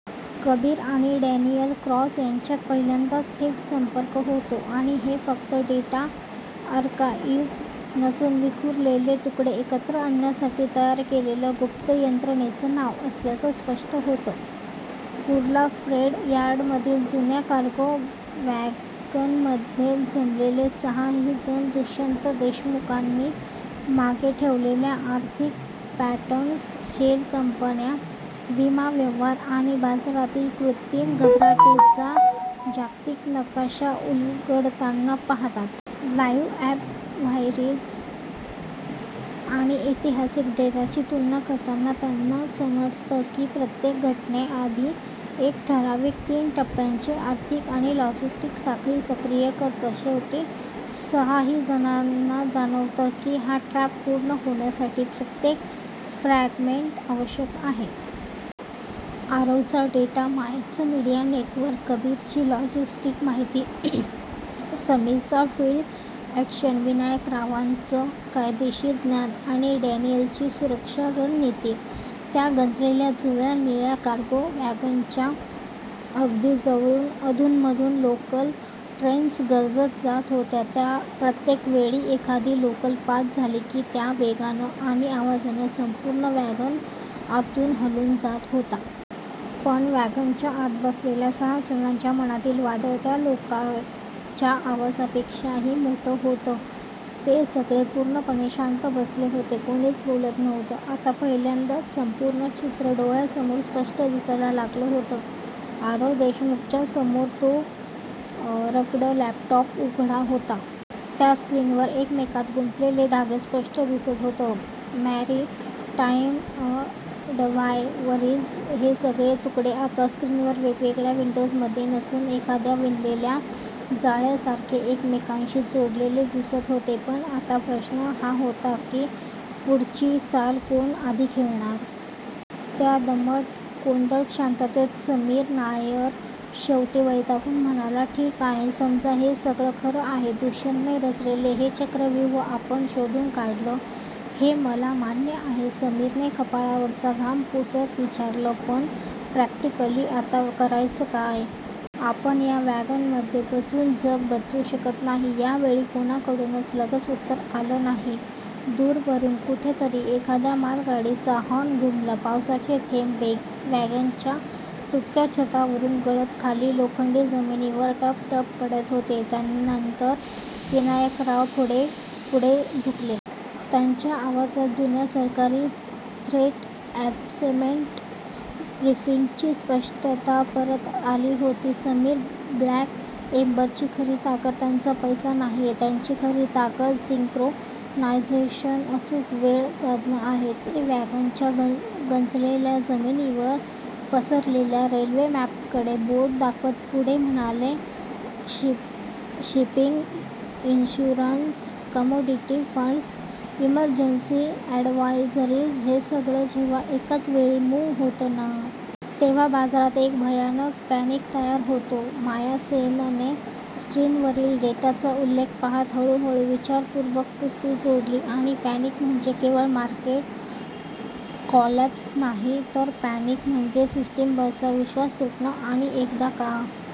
कबीर आणि Daniel Cross यांच्यात पहिल्यांदाच थेट संपर्क होतो आणि हे फक्त डेटा आर्काइव्ह नसून विखुरलेले तुकडे एकत्र आणण्यासाठी तयार केलेलं गुप्त यंत्रणेचं नाव असल्याचं स्पष्ट होतं. कुर्ला फ्रेट यार्डमधील जुन्या कार्गो वॅगनमध्ये जमलेले सहाही जण दुष्यंत देशमुखांनी मागे ठेवलेल्या आर्थिक पॅटर्न्स, शेल कंपन्या, विमा व्यवहार आणि बाजारातील कृत्रिम घबराटीचा जागतिक नकाशा उलगडताना पाहतात. लाईव्ह ॲडव्हायझरीज आणि ऐतिहासिक डेटाची तुलना करताना त्यांना समजतं की प्रत्येक घटने आधी एक ठरावीक तीन-टप्प्यांची आर्थिक आणि लॉजिस्टिक साखळी सक्रिय करतं. शेवटी सहाही जणांना जाणवतं की हा ट्रॅप पूर्ण होण्यासाठी प्रत्येक फ्रॅगमेंट आवश्यक आहे. आरवचा डेटा, मायाचं मीडिया नेटवर्क, कबीरची लॉजिस्टिक्स माहिती, समीरची फिल्ड ॲक्शन, विनायकरावांचं कायदेशीर ज्ञान आणि डॅनियलची सुरक्षा रणनीती. त्या गंजलेल्या जुन्या निळ्या कार्गो वॅगनच्या अगदी जवळून अधूनमधून लोकल ट्रेन्स गर्जत जात होत्या. प्रत्येक वेळी एखादी लोकल पास झाली की त्या वेगाने आणि आवाजाने संपूर्ण वॅगन आतून हलून जात होता. पण वॅगनच्या आत बसलेल्या सहा जणांच्या मनातील वादळ त्या लोकलच्या आवाजापेक्षाही मोठं होतं. ते सगळे पूर्णपणे शांत बसले होते. कोणीच बोलत नव्हतं. आता पहिल्यांदाच संपूर्ण चित्र डोळ्यांसमोर स्पष्ट दिसायला लागलं होतं. आरव देशमुखच्या समोर तो रग्ड लॅपटॉप उघडा होता. त्या स्क्रीनवर एकमेकांत गुंफलेले धागे स्पष्ट दिसत होते. मॅरिटाईम ॲडव्हायझरीज हे सगळे तुकडे आता स्क्रीनवर वेगवेगळ्या विंडोजमध्ये नसून, एखाद्या विणलेल्या जाळ्यासारखे एकमेकांशी जोडलेले दिसत होते. पण आता प्रश्न हा होता की पुढची चाल कोण आधी खेळणार? त्या दमट, कोंदट शांततेत समीर नायर शेवटी वैतागून म्हणाला, "ठीक आहे. समजा हे सगळं खरं आहे. दुष्यंतने रचलेले हे चक्रव्यूह आपण शोधून काढलं, हे मला मान्य आहे." समीरने कपाळावरचा घाम पुसत विचारलं," पण प्रॅक्टिकली आता करायचं काय? आपण या वॅगनमध्ये बसून जग बदलू शकत नाही. यावेळी कोणाकडूनच लगेच उत्तर आलं नाही. दूरवरून कुठेतरी एखाद्या मालगाडीचा हॉर्न घुमला. पावसाचे थेंब वॅगनच्या तुटक्या छतावरून गळत खाली लोखंडी जमिनीवर 'टप-टप' पडत होते. त्यानंतर विनायकराव थोडे पुढे झुकले. त्यांच्या आवाजात जुन्या सरकारी 'थ्रेट ॲसेसमेंट ब्रीफिंग'ची स्पष्टता परत आली होती. "समीर, ब्लॅक एम्बरची खरी ताकद त्यांचा पैसा नाहीये. त्यांची खरी ताकद 'सिंक्रोनायझेशन' अचूक वेळ साधणं आहे." ते वॅगनच्या गंजलेल्या जमिनीवर पसरलेल्या रेल्वे मॅपकडे बोट दाखवत पुढे म्हणाले, shipping insurers, commodity funds, emergency advisories हे सगळं जेव्हा एकाच वेळी, मूव्ह होतं ना. तेव्हा बाजारात एक भयानक पॅनिक तयार होतो."माया सेनने स्क्रीनवरील डेटाचा आलेख पाहत हळूहळू, विचारपूर्वक पुस्ती जोडली, आणि पॅनिक म्हणजे केवळ मार्केट कोलॅप्स नाही, पॅनिक म्हणजे सिस्टीमवरचा 'विश्वास तुटणं' आणि एकदा का